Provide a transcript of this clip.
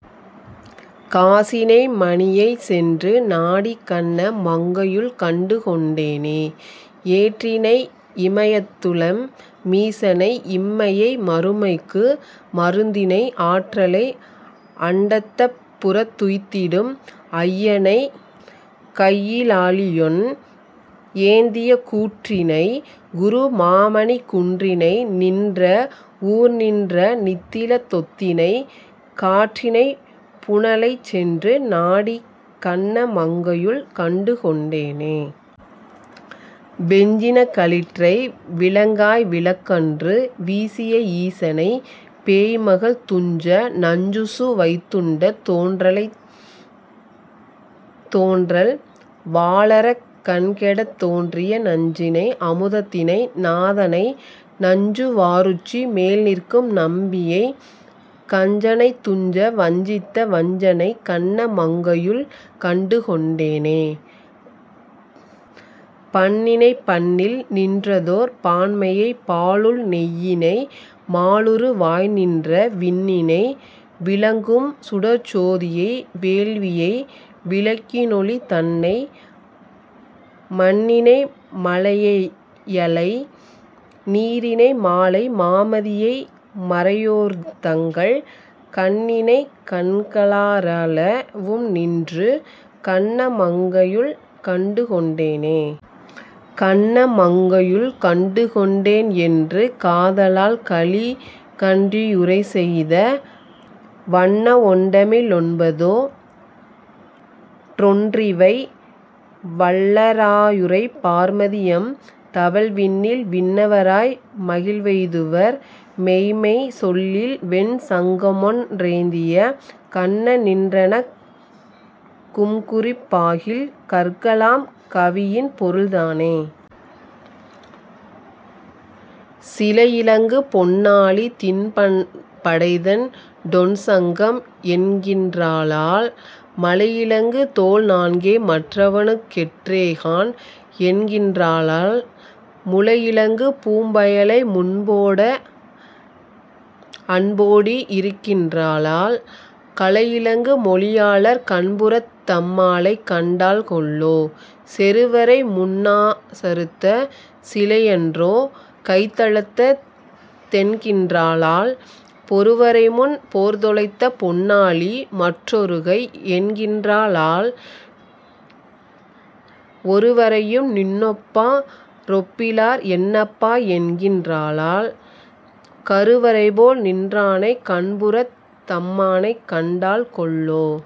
காசி னைமணி யைச்சென்று நாடிக் கண்ண மங்கையுள் கண்டுகொண் டேனே. ஏற்றி னையிம யத்துளெம் மீசனை இம்மை யைமறு மைக்கு மருந்தினை, ஆற்ற லை அண்டத் தப்புறத் துய்த்திடும் ஐய னைக்கையி லாழியொன் றேந்திய கூற்றி னை, குரு மாமணிக் குன்றினை நின்ற வூர்நின்ற நித்திலத் தொத்தினை, காற்றி னைப்புன லைச்சென்று நாடிக் கண்ண மங்கையுள் கண்டுகொண் டேனே. வெஞ்சி னக்களிற் றைவிளங் காய்விழக் கன்று வீசிய ஈசனை, பேய்மகள் துஞ்ச நஞ்சுசு வைத்துண்ட தோன்றலைத் தோன்றல் வாளரக் கன்கெடத் தோன்றிய நஞ்சி னை, அமு தத்தினை நாதனை நச்சு வாருச்சி மேல்நிற்கும் நம்பியை, கஞ்ச னைத்துஞ்ச வஞ்சித்த வஞ்சனைக், கண்ண மங்கையுள் கண்டுகொண் டேனே. பண்ணி னைப்பண்ணில் நின்றதோர் பான்மையைப் பாலுள் நெய்யினை மாலுரு வாய்நின்ற விண்ணி னை, விளங் கும்சுடர்ச் சோதியை வேள்வி யைவிளக் கினொளி தன்னை, மண்ணி னைமலை யையலை நீரினை மாலை மாமதி யைமறை யோர்தங்கள் கண்ணி னை, கண்க ளாரள வும்நின்று கண்ண மங்கையுள் கண்டுகொண் டேனே. கண்ண மங்கையுள் கண்டுகொண் டேன் என்று காத லால்கலி கன்றியு ரைசெய்த, வண்ண வொண்டமி ழொன்பதோ டொன்றிவை வல்ல ராயுரைப் பார்மதி யம்தவழ் விண்ணில் விண்ணவ ராய்மகிழ் வெய்துவர் மெய்ம்மை சொல்லில்வெண் சங்கமொன் றேந்திய கண்ண, நின்றனக் கும்குறிப் பாகில் கற்க லாம்கவி யின்பொருள் தானே. சிலையிலங்கு பொன்னாழி திண்படைதண் டொண்சங்கம் என்கின் றாளால், மலையிலங்கு தோள்நான்கே மற்றவனுக் கெற்றேகாண் என்கின் றாளால், முலையிலங்கு பூம்பயலை முன்போட அன்போடி யிருக்கின் றாளால், கலையிலங்கு மொழியாளர் கண்ணபுரத் தம்மானைக் கண்டாள் கொல்லோ.. செருவரைமுன் னாசறுத்த சிலையன்றோ கைத்தலத்த தென்கின் றாளால், பொருவரைமுன் போர்தொலைத்த பொன்னாழி மற்றொருகை என்கின் றாளால், ஒருவரையும் நின்னொப்பா ரொப்பிலர் என்னப்பா என்கின் றாளால், கருவரைபோல் நின்றானைக் கண்ணபுரத் தம்மானைக் கண்டாள் கொல்லோ..